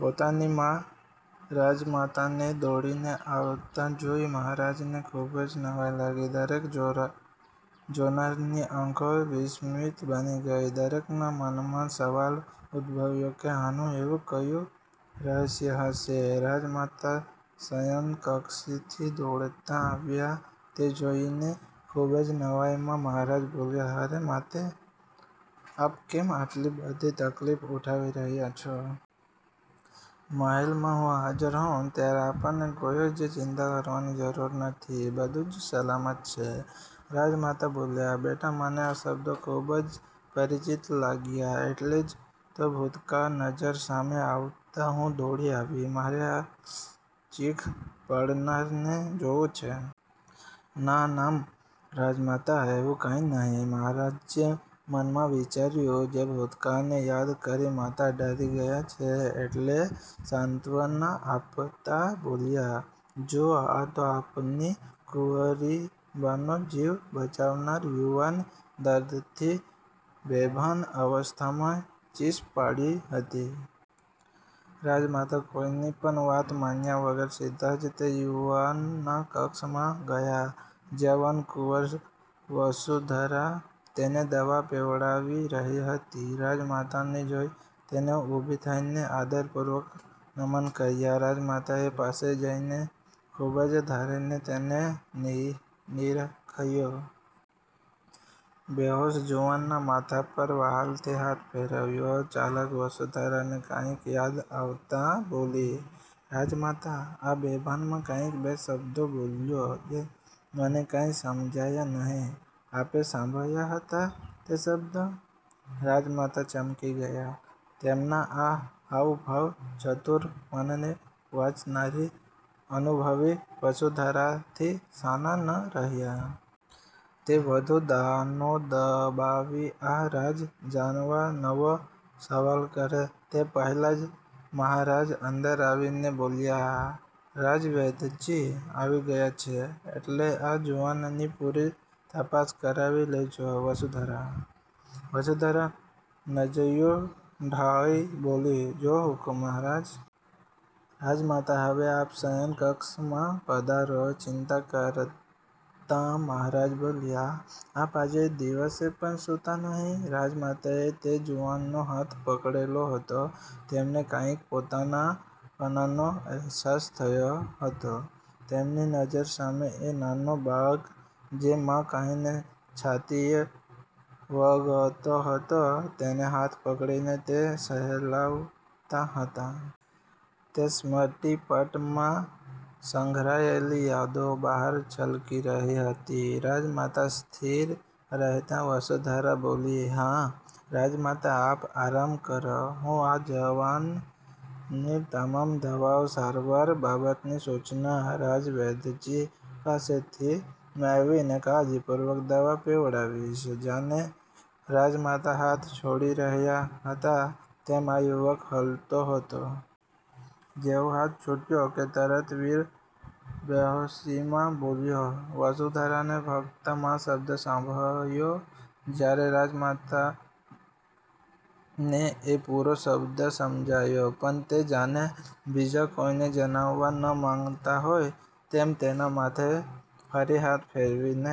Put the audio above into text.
પોતાની મા રાજમાતાને દોડીને આવતાં જોઈ મહારાજને ખુબ જ નવાઈ લાગી. દરેક જોનારની આંખો વિસ્મિત બની ગઈ. દરેકના મનમાં સવાલ ઉદ્દભવ્યો કે,"આનું એવું કયું રહસ્ય હશે? રાજમાતા શયનકક્ષથી દોડતા આવ્યાં તે જોઈને ખુબ જ નવાઈમાં મહારાજ બોલ્યાં,"અરે માતે, આપ કેમ આટલી બધી તકલીફ ઉઠાવી રહ્યાં છો? મહેલમાં હું હાજર હોય ત્યારે આપણે કોઈ જ ચિંતા કરવાની જરૂર નથી. બધું જ સલામત છે." રાજમાતાં બોલ્યાં,"બેટા મને આ શબ્દો ખુબ જ પરિચિત લાગ્યાં એટલે જ તો ભૂતકાળ નજ઼ર સામે આવતાં હું દોડી આવી, મારે આ ચીખ પાડનારને જોવો છે." "ના, ના રાજમાતા એવું કાંઈ નહીં." મહારાજે મનમાં વિચાર્યું જે ભૂતકાળને યાદ કરી માતા ડરી ગયાં છે, એટલે શાંત્વના આપતાં બોલ્યાં," જૂઓ આ તો આપની કુંવરીબાનો જીવ બચાવનાર યુવાન દર્દથી બેભાન અવસ્થામાં ચીસ પાડી હતી." રાજમાતાં કોઈની પણ વાત માન્યાં વગર સીધા જ તે યુવાનના કક્ષમાં ગયાં. જ્યાં વનકુંવરી વસુંધરા તેણે દવા પીવડાવી રહી હતી. રાજમાતાને જોઈ તેણે ઉભી થઈને આદરપૂર્વક નમન કર્યા. રાજમાતાએ પાસે જઈને ખુબ જ ધારીને તેને નીરખ્યો. બેહોશ જુવાનના માથા પર વહાલથી હાથ ફેરવ્યો. ચાલાક વસુંધરાને કાંઈક યાદ આવતાં બોલી,"રાજમાતાં આ બેભાનમાં કાંઈક બે શબ્દો બોલ્યો જે મને કાંઈ સમજાયાં નહીં. આપે સાંભળ્યા હતાં તે શબ્દ?" રાજમાતા ચમકી ગયાં. તેમનાં આ હાવભાવ ચતુર મનને વાંચનારી અનુભવી વસુંધરાથી છાના ન રહ્યાં. તે વઘુ દાણો દબાવી આ રાજ જાણવાં નવો સવાલ કરે તે પહેલાં જ મહારાજ અંદર આવીને બોલ્યાં,"રાજવૈદ્યજી આવી ગયાં છે, એટલે આ જુવાનની પુરી તપાસ કરાવી લેજો વસુંધરા." વસુંધરા નજર્યું ઢાળી બોલી,"જો હુકુમ મહારાજ." "રાજમાતાં હવે આપ શયનકક્ષમાં પધારો." ચિંતા કરતાં મહારાજ બોલ્યાં,"આપ આજે દિવસે પણ સૂતાં નહીં." રાજમાતાએ તે જુવાનનો હાથ પકડેલો હતો, તેમણે કાંઈક પોતાનાપણાનો અહેસાસ થતો હતો. તેમની નજ઼ર સામે એ નાનો બાળક જે મા કહીને છાતીએ વળગતો હતો, તેનો હાથ પકડીને તે સહેલાવતાં હતાં. તે સ્મૃતિપટમાં સંઘરાયેલી યાદો બહાર છલકી રહી હતી. રાજમાતા સ્થીર રહેતા વસુંધરા બોલી,"હાં રાજમાતાં આપ આરામ કરો. હું આ જુવાનની તમામ દવાઓ સારવાર બાબતની સૂચના રાજવૈદ્યજી પાસેથી મેળવીને કાળજીપૂર્વક દવા પીવડાવીશ." જાણે રાજમાતાં હાથ છોડી રહ્યાં હતાં તેમ આ યુવક હલતો હતો. જેવો હાથ છૂટ્યો કે તરત વીર બેહોશીમાં બોલ્યો, વસુંધરાને ફક્ત મા શબ્દ સંભળાયો જયારે રાજમાતાને એ પૂરો શબ્દ સમજાયો, પણ તે જાણે બીજા કોઈને જણાવવા ન માગતાં હોય તેમ તેનાં માથે ફરી હાથ ફેરવીને